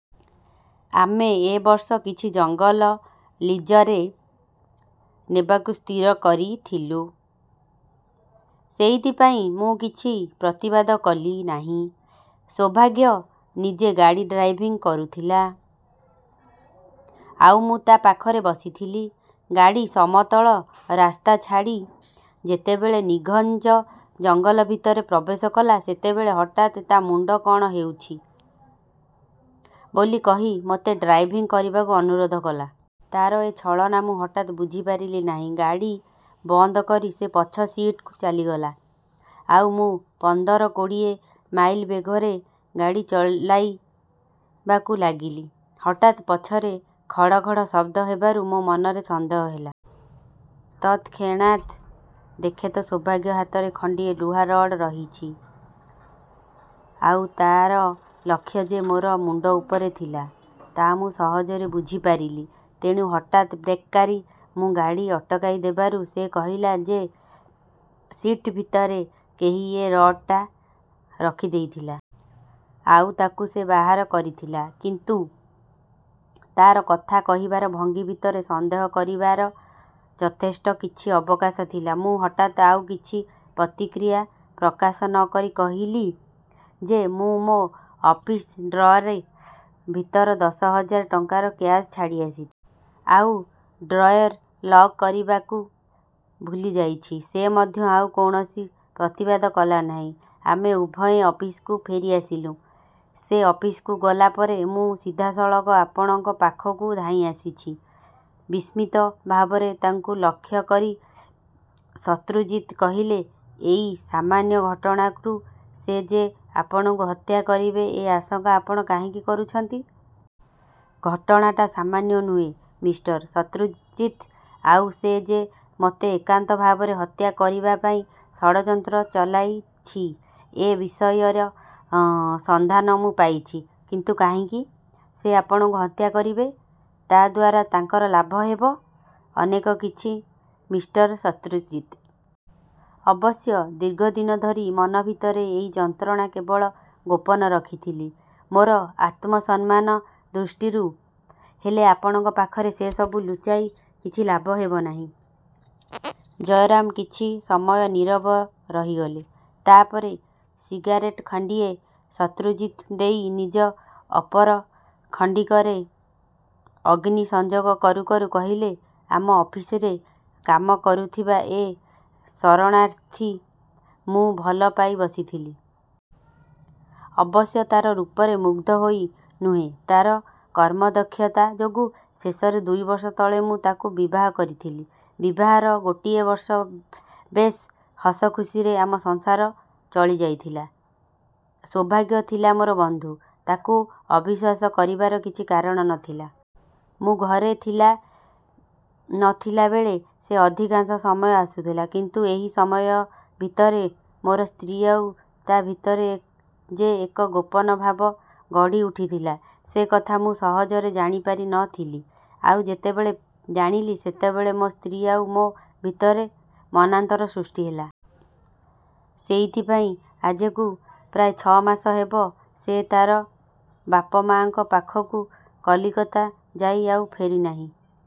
ଆମେ ଏ ବର୍ଷ କିଛି ଜଙ୍ଗଲ ଲିଜରେ ନେବାକୁ ସ୍ଥିର କରିଥିଲୁଁ । ସେଇଥିପାଇଁ ମୁଁ କିଛି ପ୍ରତିବାଦ କଲି ନାହିଁ। ସୌଭାଗ୍ୟ ନିଜେ ଗାଡ଼ି ଡ୍ରାଇଭିଂ କରୁଥିଲା ଆଉ ମୁଁ ତା ପାଖରେ ବସିଥିଲି। ଗାଡ଼ି ସମତଳ ରାସ୍ତା ଛାଡ଼ି ଯେତେବେଳେ ନିଘଞ୍ଚ ଜଙ୍ଗଲ ଭିତରେ ପ୍ରବେଶ କଲା ସେତେବେଳେ ହଠାତ୍ ତା ମୁଣ୍ତ କଣ ହେଉଛି ବୋଲି କହି ମୋତେ ଡ୍ରାଇଭିଂ କରିବାକୁ ଅନୁରୋଧ କଲା। ତା'ର ଏ ଛଳନା ମୁଁ ହାଠାତ୍ ବୁଝିପାରିଲି ନାହିଁ। ଗାଡ଼ି ବନ୍ଦ କରି ସେ ପଛ ସିଟ୍କୁ ଚାଲିଗଲା ଆଉ ମୁଁ ପନ୍ଦର, କୋଡୀଏ ମାଇଲ ବେଗରେ ଗାଡ଼ି ଚଳାଇବାକୁ ଲାଗିଲି। ହଠାତ୍ ପଛରେ ଖଡ଼ ଖଡ଼ ଶଦ୍ଦ ହେବାରୁ ମୋ ମନରେ ସନ୍ଦେହ ହେଲା। ତତ୍ ଖେଣାତ୍ ଦେଖେ ତ ସୌଭାଗ୍ୟ ହାତରେ ଖଣ୍ତିଏ ଲୁହା ରଡ୍ ରହିଛି। ଆଉ ତା'ର ଲକ୍ଷ୍ୟ ଯେ ମୋର ମୁଣ୍ତ ଉପରେ ଥିଲା ତା' ମୁଁ ସହଜରେ ବୁଝିପାରିଲି। ତେଣୁ ହଠାତ୍ ବ୍ରେକ୍ମାରି ମୁଁ ଗାଡ଼ି ଅଟକାଇଦେବାରୁ ସେ କହିଲା ଯେ ସିଟ୍ଭିତରେ କେହି ଏ ରଡ୍ଟା ରଖିଦେଇଥିଲା। ଆଉ ତାକୁ ସେ ବାହାର କରୁଥିଲା। କିନ୍ତୁ ତାର କଥା କହିବାର ଭଙ୍ଗୀ ଭିତରେ ସନ୍ଦେହ କରିବାର ଯଥେଷ୍ଟ କିଛି ଅବକାଶ ଥିଲା। ମୁଁ ହଠାତ୍ ଆଉ କିଛି ପ୍ରତିକ୍ରିୟା ପ୍ରକାଶ ନ କରି କହିଲି ଯେ ମୁ ମୋ ଅଫିସ ଡ୍ରଏର ଭିତରେ ଦଶ ହଜାର ଟଙ୍କାର କ୍ୟାସ ଛାଡ଼ିଆସିଛି। ଆଉ ଡ୍ରଏର ଲକ୍ କରିବାକୁ ଭୁଲିଯାଇଛି। ସେ ମଧ୍ୟ ଆଉ କୌଣସି ପ୍ରତିବାଦ କଲା ନାହିଁ। ଆମେ ଉଭୟେ ଅଫିସକୁ ଫେରିଆସିଲୁଁ। ସେ ଅଫିସକୁ ଗଲା ପରେ ମୁଁ ସିଧାସଳଖ ଆପଣଙ୍କ ପାଖକୁ ଧାଇଁଆସିଛି। ବିସ୍ମିତ ଭାବରେ ତାଙ୍କୁ ଲାକ୍ଷ୍ୟ କରି ଶତ୍ରୁଜିତ୍ କହିଲେ ଏଇ ସାମାନ୍ୟ ଘଟଣାରୁ ସେ ଯେ ଆପଣଙ୍କୁ ହତ୍ୟା କରିବେ ଏ ଆଶଙ୍କା ଆପଣ କାହିଁକି କରୁଛନ୍ତି? ଘଟଣାଟା ସାମାନ୍ୟ ନୁହେଁ, ମିଷ୍ଟର ଶତ୍ରୁଜିତ୍! ଆଉ ସେ ଯେ ମୋତେ ଏକାନ୍ତ ଭାବରେ ହତ୍ୟା କରିବାପାଇଁ ଷଡ଼ଯନ୍ତ୍ର ଚଳାଇଛି ଏ ବିଷୟର ସନ୍ଧାନ ମୁଁ ପାଇଛି। କିନ୍ତୁ କାହିଁକି ସେ ଆପଣଙ୍କୁ ହତ୍ୟା କରିବେ ତା ଦ୍ୱାରା ତାଙ୍କର ଲାଭ ହେବ? ଅନେକ କିଛି, ମିଷ୍ଟର ଶତ୍ରୁଜିତ୍! ଅବଶ୍ୟ ଦୀର୍ଘଦିନ ଧରି ମନ ଭିତରେ ଏଇ ଯନ୍ତ୍ରଣା କେବଳ ଗୋପନ ରଖିଥିଲି ମୋର ଆତ୍ମସମ୍ମାନ ଦୃଷ୍ଟିରୁ। ହେଲେ ଆପଣଙ୍କ ପାଖରେ ସେସବୁ ଲୁଚାଇ କିଛି ଲାଭ ହେବ ନାହିଁ। ଜୟରାମ କିଛି ସମୟ ନୀରବ ରହିଗଲେ। ତା' ପରେ ସିଗାରେଟ ଖଣ୍ତିଏ ଶତ୍ରୁଜିତଙ୍କୁ ଦେଇ ନିଜେ ଅପର ଖଣ୍ତିକରେ ଅଗ୍ନି ସଂଯୋଗ କରୁ କରୁ କହିଲେ, ଆମ ଅଫିସରେ କାମ କରୁଥିବା ଏକ ଶରଣାର୍ଥୀ ମୁଁ ଭଲ ପାଇ ବସିଥିଲି। ଅବଶ୍ୟ ତାର ରୂପରେ ମୁଗ୍ଧ ହୋଇ ନୁହେଁ, ତାର କର୍ମଦକ୍ଷତା ଯୋଗୁ। ଶେଷରେ ଦୁଇବର୍ଷ ତଳେ ମୁଁ ତାକୁ ବିବାହ କରିଥିଲି। ବିବାହର ଗୋଟିଏ ବର୍ଷ ବେଶ୍ ହସଖୁସିରେ ଆମ ସଂସାର ଚଳିଯାଉଥିଲା । ସୌଭାଗ୍ୟ ଥିଲା ମୋର ବନ୍ଧୁ। ତାକୁ ଅବିଶ୍ୱାସ କରିବାର କିଛି କାରଣ ନ ଥିଲା। ମୁଁ ଘରେ ଥିଲା ନଥିଲାବେଳେ ସେ ଅଧିକାଂଶ ସମୟରେ ଆସୁଥିଲା। କିନ୍ତୁ ଏଇ ସମୟ ଭିତରେ ମୋର ସ୍ତ୍ରୀ ଆଉ ତା' ଭିତରେ ଯେ ଏକ ଗୋପନ ଭାବ ବଢ଼ିଉଠିଥିଲା ସେକଥା ମୁଁ ସହଜରେ ଜାଣିପାରି ନ ଥିଲି । ଆଉ ଯେତେବେଳେ ଜାଣିଲି, ସେତେବେଳେ ମୋ ସ୍ତ୍ରୀ ଆଉ ମୋ ଭିତରେ ମନାନ୍ତର ସୃଷ୍ଟି ହେଲା। ସେଇଥିପାଇଁ ଆଜକୁ ପ୍ରାୟ ଛ'ମାସ ହେବ ସେ ତା'ର ବାପମାଆଙ୍କ ପାଖକୁ କଲିକତା ଯାଇ ଆଉ ଫେରିନାହିଁ।